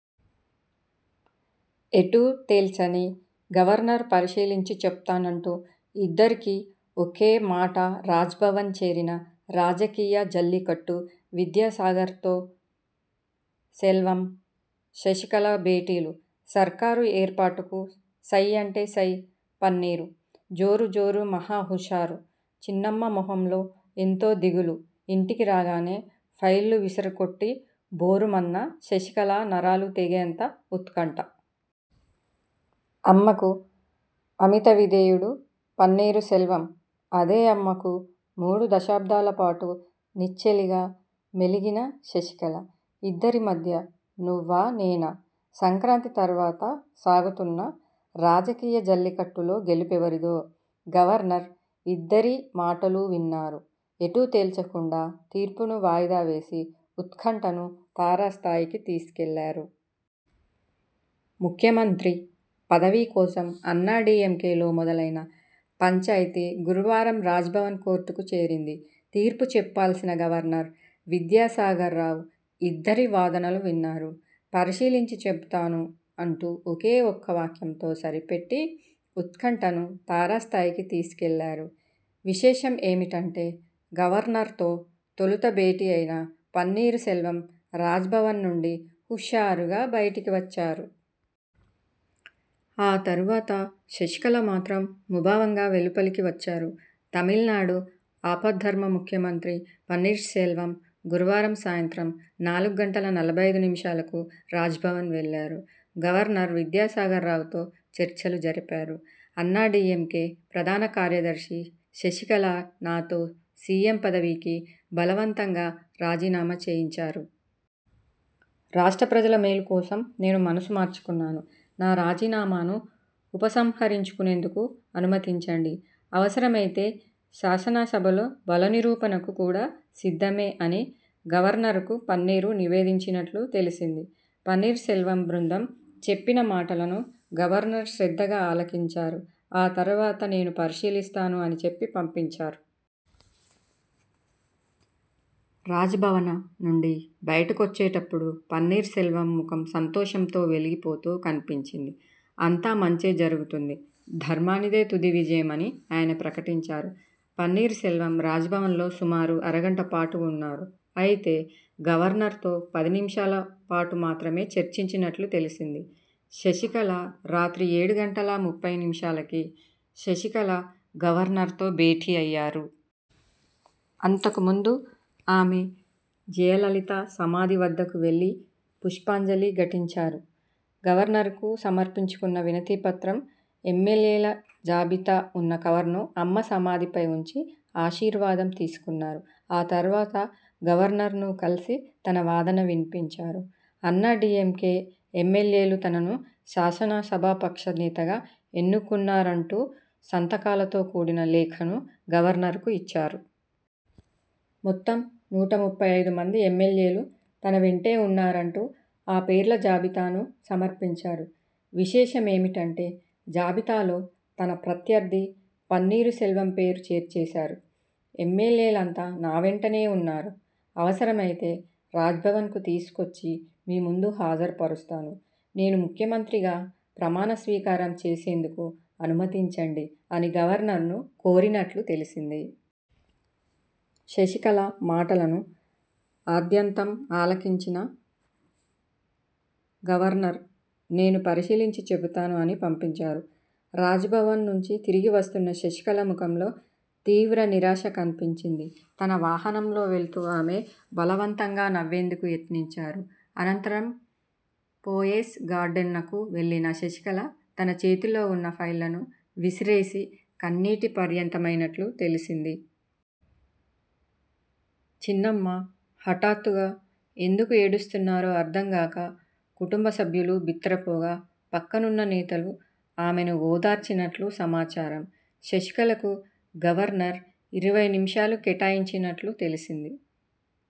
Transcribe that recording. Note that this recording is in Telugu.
ఎటూ తేల్చని గవర్నర్ పరిశీలించి చెప్తానంటూ ఇద్దరికీ ఒకే మాటరాజ్భవన్ చేరిన 'రాజకీయ జల్లికట్టు' విద్యాసాగర్తో సెల్వం, శశికళ భేటీలు సర్కారు ఏర్పాటుకు సై అంటే సై పన్నీరు జోరు జోరు మహా హుషారు చిన్నమ్మ మొహంలో ఎంతో దిగులు ఇంటికి రాగానే ఫైళ్లు విసిరికొట్టి భోరుమన్న శశికళ నరాలు తెగేంత ఉత్కంఠ! 'అమ్మ'కు అమిత విధేయుడు పన్నీర్ సెల్వం అదే అమ్మకు మూడు దశాబ్దాలపాటు నెచ్చెలిగా మెలిగిన శశికళ! ఇద్దరి మధ్య నువ్వానేనా! సంక్రాంతి తర్వాత సాగుతున్న 'రాజకీయ జల్లికట్టు'లో గెలుపెవరిదో! గవర్నర్ ఇద్దరి మాటలూ విన్నారు. ఎటూ తేల్చకుండా 'తీర్పు'ను వాయిదా వేసి ఉత్కంఠను తారస్థాయికి తీసుకెళ్లారు! ముఖ్యమంత్రి పదవి కోసం అన్నా డీఎంకేలో మొదలైన పంచాయితీ గురువారం రాజ్భవన్ 'కోర్టు'కు చేరింది. 'తీర్పు' చెప్పాల్సిన గవర్నర్ విద్యాసాగర్ రావు ఇద్దరి వాదనలు విన్నారు. 'పరిశీలించి చెబుతాను' అంటూ ఒకే ఒక్క వాక్యంతో సరిపెట్టి ఉత్కంఠను తారస్థాయికి తీసుకెళ్లారు. విశేషం ఏమిటంటే గవర్నర్తో తొలుత భేటీ అయిన పన్నీర్ సెల్వం రాజ్భవన్ నుంచి హుషారుగా బయటికి వచ్చారు. ఆ తర్వాత శశికళ మాత్రం ముభావంగా వెలుపలికి వచ్చారు. తమిళనాడు ఆపద్ధర్మ ముఖ్యమంత్రి పన్నీర్సెల్వం గురువారం సాయంత్రం నాలుగు గంటల నలభై ఐదు నిమిషాలకు రాజ్భవన్ వెళ్లారు. గవర్నర్ విద్యాసాగర్ రావుతో చర్చలు జరిపారు. ''అన్నాడీఎంకే ప్రధాన కార్యదర్శి శశికళ నాతో సీఎం పదవికి బలవంతంగా రాజీనామా చేయించారు. రాష్ట్ర ప్రజల మేలు కోసం నేను మనసు మార్చుకున్నాను. నా రాజీనామాను ఉపసంహరించుకునేందుకు అనుమతించండి. అవసరమైతే శాసనసభలో బల నిరూపణకు కూడా సిద్ధమే'' అని గవర్నర్కు పన్నీర్ నివేదించినట్లు తెలిసింది. పన్నీర్సెల్వం బృందం చెప్పిన మాటలను గవర్నర్ శ్రద్ధగా ఆలకించారు. ఆ తర్వాత'నేను పరిశీలిస్తాను' అని చెప్పి పంపించారు. రాజ్భవన నుంచి బయటికొచ్చేటప్పుడు పన్నీర్సెల్వం ముఖం సంతోషంతో వెలిగిపోతూ కనిపించింది. 'అంతా మంచే జరుగుతుంది. ధర్మానిదే తుది విజయం' అని ఆయన ప్రకటించారు. పన్నీర్ సెల్వం రాజ్భవన్లో సుమారు అరగంటపాటు ఉన్నారు. అయితే, గవర్నర్తో పది నిమిషాలపాటు మాత్రమే చర్చించినట్లు తెలిసింది. శశికళ రాత్రి ఏడు గంటల ముప్పై నిమిషాలకి శశికళ గవర్నర్తో భేటీ అయ్యారు. అంతకుముందు ఆమె జయలలిత సమాధి వద్దకు వెళ్లిపుష్పాంజలి ఘటించారు. గవర్నర్కు సమర్పించనున్న వినతిపత్రం, ఎమ్మెల్యేల జాబితా ఉన్న కవరును అమ్మ సమాధిపై ఉంచి ఆశీర్వాదం తీసుకున్నారు. ఆ తర్వాత గవర్నర్ను కలిసి తన వాదన వినిపించారు. అన్నా డీఎంకే ఎమ్మెల్యేలు తనను శాసనసభాపక్ష నేతగా ఎన్నుకున్నారంటూసంతకాలతో కూడిన లేఖను గవర్నర్కు ఇచ్చారు. మొత్తం నూట ముప్పై ఐదు మంది ఎమ్మెల్యేలు తన వెంటే ఉన్నారంటూ ఆ పేర్ల జాబితాను సమర్పించారు. విశేషమేమిటంటే జాబితాలో తన ప్రత్యర్థి పన్నీర్ సెల్వం పేరూ చేర్చేశారు. ''ఎమ్మెల్యేలంతా నా వెంటనే ఉన్నారు. అవసరమైతే రాజ్భవన్కు తీసుకొచ్చి మీముందు హాజరుపరుస్తాను. నేను ముఖ్యమంత్రిగా ప్రమాణ స్వీకారం చేసేందుకు అనుమతించండి'' అని గవర్నర్ను కోరినట్లు తెలిసింది. శశికళ మాటలను ఆద్యంతం ఆలకించిన గవర్నర్'నేను పరిశీలించి చెబుతాను' అని పంపించారు. రాజ్భవన్ నుంచి తిరిగి వస్తున్న శశికళ ముఖంలో తీవ్ర నిరాశ కనిపించింది. తన వాహనంలో వెళ్తూ ఆమె బలవంతంగా నవ్వేందుకు యత్నించారు. అనంతరం పోయెస్ గార్డెనకు వెళ్లిన శశికళ తన చేతిలో ఉన్న ఫైళ్లను విసిరేసి కన్నీటి పర్యంతమైనట్లు తెలిసింది. చిన్నమ్మ హఠాత్తుగా ఎందుకు ఏడుస్తున్నారో అర్థంగాక కుటుంబ సభ్యులు బిత్తరపోగా పక్కనున్న నేతలు ఆమెను ఓదార్చినట్లు సమాచారం. శశికళకు గవర్నర్ ఇరవై నిమిషాలు కేటాయించినట్లు తెలిసింది.